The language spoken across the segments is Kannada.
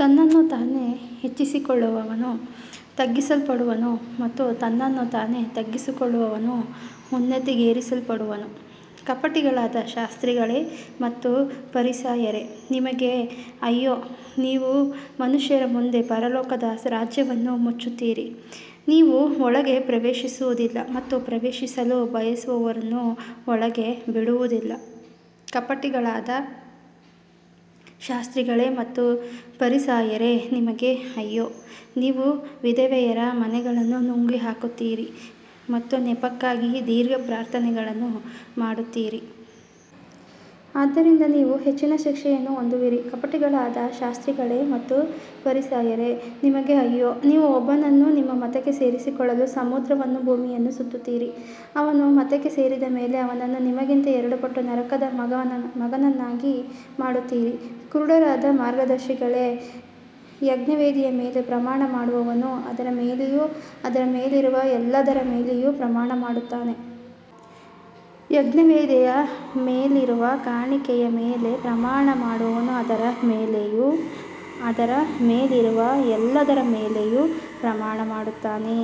ತನ್ನನ್ನು ತಾನೇ ಹೆಚ್ಚಿಸಿಕೊಳ್ಳುವವನು ತಗ್ಗಿಸಲ್ಪಡುವನು ಮತ್ತು ತನ್ನನ್ನು ತಾನೇ ತಗ್ಗಿಸಿಕೊಳ್ಳುವವನು ಉನ್ನತಿಗೇರಿಸಲ್ಪಡುವನು. ಕಪಟಿಗಳಾದ ಶಾಸ್ತ್ರಿಗಳೇ ಮತ್ತು ಫರಿಸಾಯರೇ, ನಿಮಗೆ ಅಯ್ಯೋ, ನೀವು ಮನುಷ್ಯರ ಮುಂದೆ ಪರಲೋಕದ ರಾಜ್ಯವನ್ನು ಮುಚ್ಚುತ್ತೀರಿ. ನೀವು ಒಳಗೆ ಪ್ರವೇಶಿಸುವುದಿಲ್ಲ ಮತ್ತು ಪ್ರವೇಶಿಸಲು ಬಯಸುವವರನ್ನೂ ಒಳಗೆ ಬಿಡುವುದಿಲ್ಲ. ಕಪಟಿಗಳಾದ ಶಾಸ್ತ್ರಿಗಳೇ ಮತ್ತು ಫರಿಸಾಯರೇ, ನಿಮಗೆ ಅಯ್ಯೋ, ನೀವು ವಿಧವೆಯರ ಮನೆಗಳನ್ನು ನುಂಗಿಹಾಕುತ್ತೀರಿ ಮತ್ತು ನೆಪಕ್ಕಾಗಿ ದೀರ್ಘ ಪ್ರಾರ್ಥನೆಗಳನ್ನು ಮಾಡುತ್ತೀರಿ. ಆದ್ದರಿಂದ ನೀವು ಹೆಚ್ಚಿನ ಶಿಕ್ಷೆಯನ್ನು ಹೊಂದುವಿರಿ. ಕಪಟಿಗಳಾದ ಶಾಸ್ತ್ರಿಗಳೇ ಮತ್ತು ಫರಿಸಾಯರೇ, ನಿಮಗೆ ಅಯ್ಯೋ, ನೀವು ಒಬ್ಬನನ್ನು ನಿಮ್ಮ ಮತಕ್ಕೆ ಸೇರಿಸಿಕೊಳ್ಳಲು ಸಮುದ್ರವನ್ನೂ ಭೂಮಿಯನ್ನೂ ಸುತ್ತುತ್ತೀರಿ, ಅವನು ಮತಕ್ಕೆ ಸೇರಿದ ಮೇಲೆ ಅವನನ್ನು ನಿಮಗಿಂತ ಎರಡು ಪಟ್ಟು ನರಕದ ಮಗನನ್ನಾಗಿ ಮಾಡುತ್ತೀರಿ. ಕುರುಡರಾದ ಮಾರ್ಗದರ್ಶಿಗಳೇ, ಯಜ್ಞವೇದಿಯ ಮೇಲೆ ಪ್ರಮಾಣ ಮಾಡುವವನು ಅದರ ಮೇಲೆಯೂ ಅದರ ಮೇಲಿರುವ ಎಲ್ಲದರ ಮೇಲೆಯೂ ಪ್ರಮಾಣ ಮಾಡುತ್ತಾನೆ. ಯಜ್ಞವೇದಿಯ ಮೇಲಿರುವ ಕಾಣಿಕೆಯ ಮೇಲೆ ಪ್ರಮಾಣ ಮಾಡುವವನು ಅದರ ಮೇಲೆಯೂ ಅದರ ಮೇಲಿರುವ ಎಲ್ಲದರ ಮೇಲೆಯೂ ಪ್ರಮಾಣ ಮಾಡುತ್ತಾನೆ.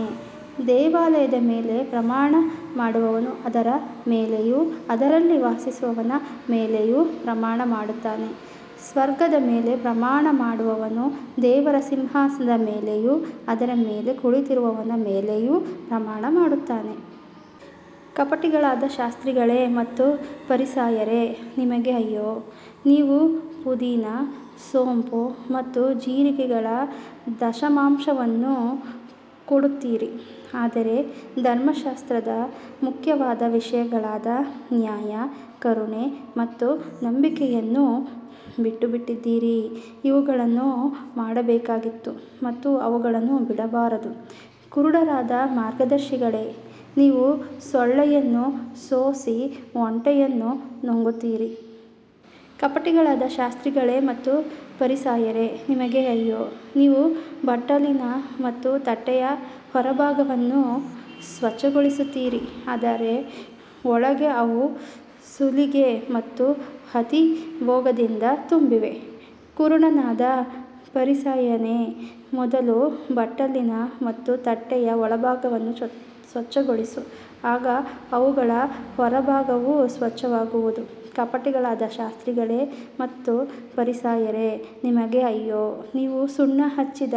ದೇವಾಲಯದ ಮೇಲೆ ಪ್ರಮಾಣ ಮಾಡುವವನು ಅದರ ಮೇಲೆಯೂ ಅದರಲ್ಲಿ ವಾಸಿಸುವವನ ಮೇಲೆಯೂ ಪ್ರಮಾಣ ಮಾಡುತ್ತಾನೆ. ಸ್ವರ್ಗದ ಮೇಲೆ ಪ್ರಮಾಣ ಮಾಡುವವನು ದೇವರ ಸಿಂಹಾಸನದ ಮೇಲೆಯೂ ಅದರ ಮೇಲೆ ಕುಳಿತಿರುವವನ ಮೇಲೆಯೂ ಪ್ರಮಾಣ ಮಾಡುತ್ತಾನೆ. ಕಪಟಿಗಳಾದ ಶಾಸ್ತ್ರಿಗಳೇ ಮತ್ತು ಫರಿಸಾಯರೇ, ನಿಮಗೆ ಅಯ್ಯೋ, ನೀವು ಪುದೀನ, ಸೋಂಪು ಮತ್ತು ಜೀರಿಗೆಗಳ ದಶಮಾಂಶವನ್ನು ಕೊಡುತ್ತೀರಿ, ಆದರೆ ಧರ್ಮಶಾಸ್ತ್ರದ ಮುಖ್ಯವಾದ ವಿಷಯಗಳಾದ ನ್ಯಾಯ, ಕರುಣೆ ಮತ್ತು ನಂಬಿಕೆಯನ್ನು ಬಿಟ್ಟುಬಿಟ್ಟಿದ್ದೀರಿ. ಇವುಗಳನ್ನು ಮಾಡಬೇಕಾಗಿತ್ತು ಮತ್ತು ಅವುಗಳನ್ನೂ ಬಿಡಬಾರದು. ಕುರುಡರಾದ ಮಾರ್ಗದರ್ಶಿಗಳೇ, ನೀವು ಸೊಳ್ಳೆಯನ್ನು ಸೋಸಿ ಒಂಟೆಯನ್ನು ನುಂಗುತ್ತೀರಿ. ಕಪಟಿಗಳಾದ ಶಾಸ್ತ್ರಿಗಳೇ ಮತ್ತು ಫರಿಸಾಯರೇ, ನಿಮಗೆ ಅಯ್ಯೋ, ನೀವು ಬಟ್ಟಲಿನ ಮತ್ತು ತಟ್ಟೆಯ ಹೊರಭಾಗವನ್ನು ಸ್ವಚ್ಛಗೊಳಿಸುತ್ತೀರಿ, ಆದರೆ ಒಳಗೆ ಅವು ಸುಲಿಗೆ ಮತ್ತು ಅತಿಭೋಗದಿಂದ ತುಂಬಿವೆ. ಕುರುಡನಾದ ಫರಿಸಾಯನೇ, ಮೊದಲು ಬಟ್ಟಲಿನ ಮತ್ತು ತಟ್ಟೆಯ ಒಳಭಾಗವನ್ನು ಸ್ವಚ್ಛಗೊಳಿಸು, ಆಗ ಅವುಗಳ ಹೊರಭಾಗವೂ ಸ್ವಚ್ಛವಾಗುವುದು. ಕಪಟಿಗಳಾದ ಶಾಸ್ತ್ರಿಗಳೇ ಮತ್ತು ಫರಿಸಾಯರೇ, ನಿಮಗೆ ಅಯ್ಯೋ, ನೀವು ಸುಣ್ಣ ಹಚ್ಚಿದ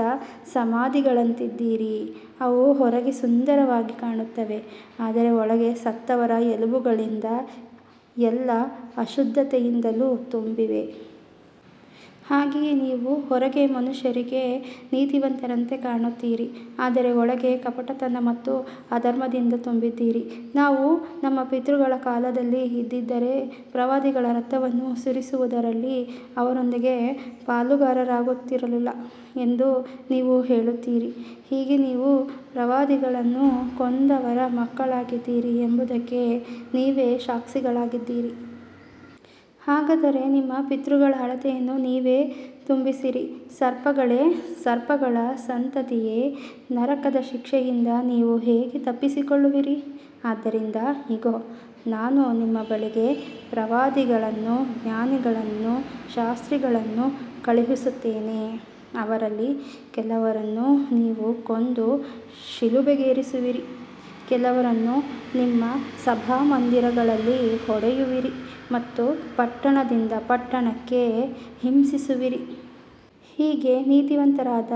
ಸಮಾಧಿಗಳಂತಿದ್ದೀರಿ, ಅವು ಹೊರಗೆ ಸುಂದರವಾಗಿ ಕಾಣುತ್ತವೆ, ಆದರೆ ಒಳಗೆ ಸತ್ತವರ ಎಲುಬುಗಳಿಂದಲೂ ಎಲ್ಲಾ ಅಶುದ್ಧತೆಯಿಂದಲೂ ತುಂಬಿವೆ. ಹಾಗೆಯೇ ನೀವು ಹೊರಗೆ ಮನುಷ್ಯರಿಗೆ ನೀತಿವಂತರಂತೆ ಕಾಣುತ್ತೀರಿ, ಆದರೆ ಒಳಗೆ ಕಪಟತನ ಮತ್ತು ಅಧರ್ಮದಿಂದ ತುಂಬಿದ್ದೀರಿ. ನಾವು ನಮ್ಮ ಪಿತೃಗಳ ಕಾಲದಲ್ಲಿ ಇದ್ದಿದ್ದರೆ ಪ್ರವಾದಿಗಳ ರಕ್ತವನ್ನು ಸುರಿಸುವುದರಲ್ಲಿ ಅವರೊಂದಿಗೆ ಪಾಲುಗಾರರಾಗುತ್ತಿರಲಿಲ್ಲ ಎಂದು ನೀವು ಹೇಳುತ್ತೀರಿ. ಹೀಗೆ ನೀವು ಪ್ರವಾದಿಗಳನ್ನು ಕೊಂದವರ ಮಕ್ಕಳಾಗಿದ್ದೀರಿ ಎಂಬುದಕ್ಕೆ ನೀವೇ ಸಾಕ್ಷಿಗಳಾಗಿದ್ದೀರಿ. ಹಾಗಾದರೆ ನಿಮ್ಮ ಪಿತೃಗಳ ಅಳತೆಯನ್ನು ನೀವೇ ತುಂಬಿಸಿರಿ. ಸರ್ಪಗಳೇ, ಸರ್ಪಗಳ ಸಂತತಿಯೇ, ನರಕದ ಶಿಕ್ಷೆಯಿಂದ ನೀವು ಹೇಗೆ ತಪ್ಪಿಸಿಕೊಳ್ಳುವಿರಿ. ಆದ್ದರಿಂದ ಇಗೋ, ನಾನು ನಿಮ್ಮ ಬಳಿಗೆ ಪ್ರವಾದಿಗಳನ್ನೂ ಜ್ಞಾನಿಗಳನ್ನೂ ಶಾಸ್ತ್ರಿಗಳನ್ನೂ ಕಳುಹಿಸುತ್ತೇನೆ. ಅವರಲ್ಲಿ ಕೆಲವರನ್ನು ನೀವು ಕೊಂದು ಶಿಲುಬೆಗೇರಿಸುವಿರಿ, ಕೆಲವರನ್ನು ನಿಮ್ಮ ಸಭಾಮಂದಿರಗಳಲ್ಲಿ ಹೊಡೆಯುವಿರಿ ಮತ್ತು ಪಟ್ಟಣದಿಂದ ಪಟ್ಟಣಕ್ಕೆ ಹಿಂಸಿಸುವಿರಿ. ಹೀಗೆ ನೀತಿವಂತನಾದ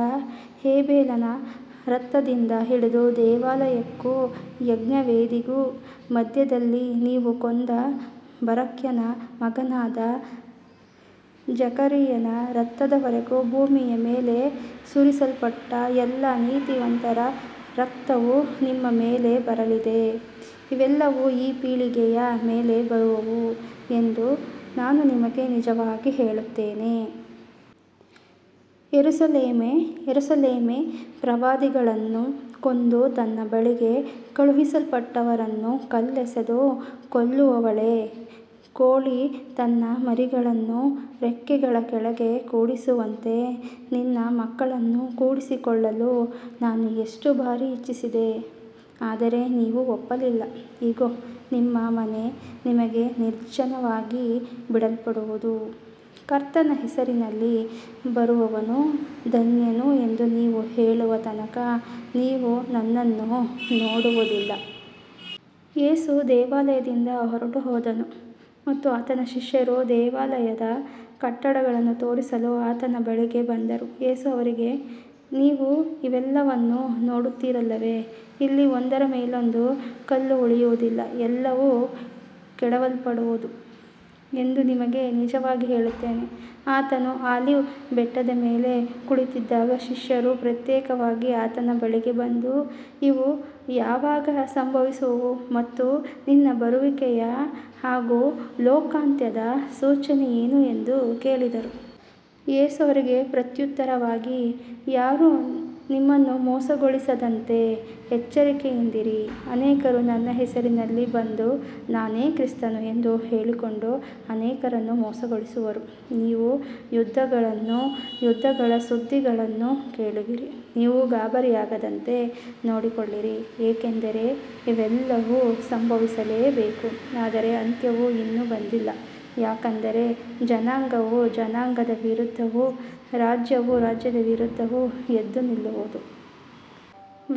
ಹೇಬೇಲನ ರಕ್ತದಿಂದ ಹಿಡಿದು ದೇವಾಲಯಕ್ಕೂ ಯಜ್ಞವೇದಿಗೂ ಮಧ್ಯದಲ್ಲಿ ನೀವು ಕೊಂದ ಬರಕ್ಯನ ಮಗನಾದ ಜಕರೀಯನ ರಕ್ತದವರೆಗೆ ಭೂಮಿಯ ಮೇಲೆ ಸುರಿಸಲ್ಪಟ್ಟ ಎಲ್ಲಾ ನೀತಿವಂತರ ರಕ್ತವು ನಿಮ್ಮ ಮೇಲೆ ಬರಲಿದೆ. ಇವೆಲ್ಲವೂ ಈ ಪೀಳಿಗೆಯ ಮೇಲೆ ಬರುವವು ಎಂದು ನಾನು ನಿಮಗೆ ನಿಜವಾಗಿ ಹೇಳುತ್ತೇನೆ. ಯೆರೂಸಲೇಮೇ, ಯೆರೂಸಲೇಮೇ, ಪ್ರವಾದಿಗಳನ್ನು ಕೊಂದು ತನ್ನ ಬಳಿಗೆ ಕಳುಹಿಸಲ್ಪಟ್ಟವರನ್ನು ಕಲ್ಲೆಸೆದು ಕೊಲ್ಲುವವಳೇ, ಕೋಳಿ ತನ್ನ ಮರಿಗಳನ್ನು ರೆಕ್ಕೆಗಳ ಕೆಳಗೆ ಕೂಡಿಸುವಂತೆ ನಿನ್ನ ಮಕ್ಕಳನ್ನು ಕೂಡಿಸಿಕೊಳ್ಳಲು ನಾನು ಎಷ್ಟೋ ಬಾರಿ ಇಚ್ಛಿಸಿದೆ, ಆದರೆ ನೀವು ಒಪ್ಪಲಿಲ್ಲ. ಇಗೋ, ನಿಮ್ಮ ಮನೆ ನಿಮಗೆ ನಿರ್ಜನವಾಗಿ ಬಿಡಲ್ಪಡುವುದು. ಕರ್ತನ ಹೆಸರಿನಲ್ಲಿ ಬರುವವನು ಧನ್ಯನು ಎಂದು ನೀವು ಹೇಳುವ ತನಕ ನೀವು ನನ್ನನ್ನು ನೋಡುವುದಿಲ್ಲ. ಯೇಸು ದೇವಾಲಯದಿಂದ ಹೊರಟುಹೋದನು ಮತ್ತು ಆತನ ಶಿಷ್ಯರು ದೇವಾಲಯದ ಕಟ್ಟಡಗಳನ್ನು ತೋರಿಸಲು ಆತನ ಬಳಿಗೆ ಬಂದರು. ಯೇಸು ಅವರಿಗೆ, ನೀವು ಇವೆಲ್ಲವನ್ನೂ ನೋಡುತ್ತೀರಲ್ಲವೇ. ಇಲ್ಲಿ ಒಂದರ ಮೇಲೊಂದು ಕಲ್ಲು ಉಳಿಯುವುದಿಲ್ಲ, ಎಲ್ಲವೂ ಕೆಡವಲ್ಪಡುವವು ಎಂದು ನಿಮಗೆ ನಿಜವಾಗಿ ಹೇಳುತ್ತೇನೆ. ಆತನು ಆಲಿವ್ ಬೆಟ್ಟದ ಮೇಲೆ ಕುಳಿತಿದ್ದಾಗ ಶಿಷ್ಯರು ಪ್ರತ್ಯೇಕವಾಗಿ ಆತನ ಬಳಿಗೆ ಬಂದು, ಇವು ಯಾವಾಗ ಸಂಭವಿಸುವವು ಮತ್ತು ನಿನ್ನ ಬರುವಿಕೆಯ ಹಾಗೂ ಲೋಕಾಂತ್ಯದ ಸೂಚನೆ ಏನು ಎಂದು ಕೇಳಿದರು. ಯೇಸು ಅವರಿಗೆ ಪ್ರತ್ಯುತ್ತರವಾಗಿ, ಯಾರೂ ನಿಮ್ಮನ್ನು ಮೋಸಗೊಳಿಸದಂತೆ ಎಚ್ಚರಿಕೆಯಿಂದಿರಿ. ಅನೇಕರು ನನ್ನ ಹೆಸರಿನಲ್ಲಿ ಬಂದು, ನಾನೇ ಕ್ರಿಸ್ತನು ಎಂದು ಹೇಳಿಕೊಂಡು ಅನೇಕರನ್ನು ಮೋಸಗೊಳಿಸುವರು. ನೀವು ಯುದ್ಧಗಳನ್ನೂ ಯುದ್ಧಗಳ ಸುದ್ದಿಗಳನ್ನೂ ಕೇಳುವಿರಿ. ನೀವು ಗಾಬರಿಯಾಗದಂತೆ ನೋಡಿಕೊಳ್ಳಿರಿ, ಏಕೆಂದರೆ ಇವೆಲ್ಲವೂ ಸಂಭವಿಸಲೇಬೇಕು, ಆದರೆ ಅಂತ್ಯವು ಇನ್ನೂ ಬಂದಿಲ್ಲ. ಯಾಕಂದರೆ ಜನಾಂಗವು ಜನಾಂಗದ ವಿರುದ್ಧವೂ ರಾಜ್ಯವು ರಾಜ್ಯದ ವಿರುದ್ಧವೂ ಎದ್ದು ನಿಲ್ಲುವುದು.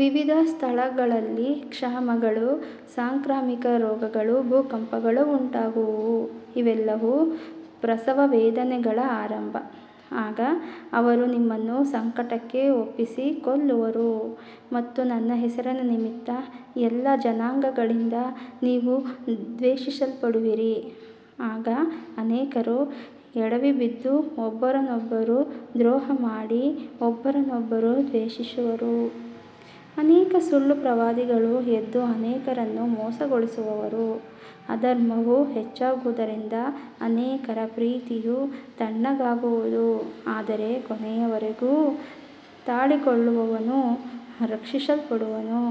ವಿವಿಧ ಸ್ಥಳಗಳಲ್ಲಿ ಕ್ಷಾಮಗಳೂ ಸಾಂಕ್ರಾಮಿಕ ರೋಗಗಳೂ ಭೂಕಂಪಗಳೂ ಉಂಟಾಗುವವು. ಇವೆಲ್ಲವೂ ಪ್ರಸವವೇದನೆಗಳ ಆರಂಭ. ಆಗ ಅವರು ನಿಮ್ಮನ್ನು ಸಂಕಟಕ್ಕೆ ಒಪ್ಪಿಸಿ ಕೊಲ್ಲುವರು ಮತ್ತು ನನ್ನ ಹೆಸರಿನ ನಿಮಿತ್ತ ಎಲ್ಲಾ ಜನಾಂಗಗಳಿಂದ ನೀವು ದ್ವೇಷಿಸಲ್ಪಡುವಿರಿ. ಆಗ ಅನೇಕರು ಎಡವಿಬಿದ್ದು ಒಬ್ಬರನ್ನೊಬ್ಬರು ದ್ರೋಹಮಾಡಿ ಒಬ್ಬರನ್ನೊಬ್ಬರು ದ್ವೇಷಿಸುವರು. ಅನೇಕ ಸುಳ್ಳು ಪ್ರವಾದಿಗಳು ಎದ್ದು ಅನೇಕರನ್ನು ಮೋಸಗೊಳಿಸುವರು. ಅಧರ್ಮವು ಹೆಚ್ಚಾಗುವುದರಿಂದ ಅನೇಕರ ಪ್ರೀತಿಯು ತಣ್ಣಗಾಗುವುದು. ಆದರೆ ಕೊನೆಯವರೆಗೂ ತಾಳಿಕೊಳ್ಳುವವನು ರಕ್ಷಿಸಲ್ಪಡುವನು.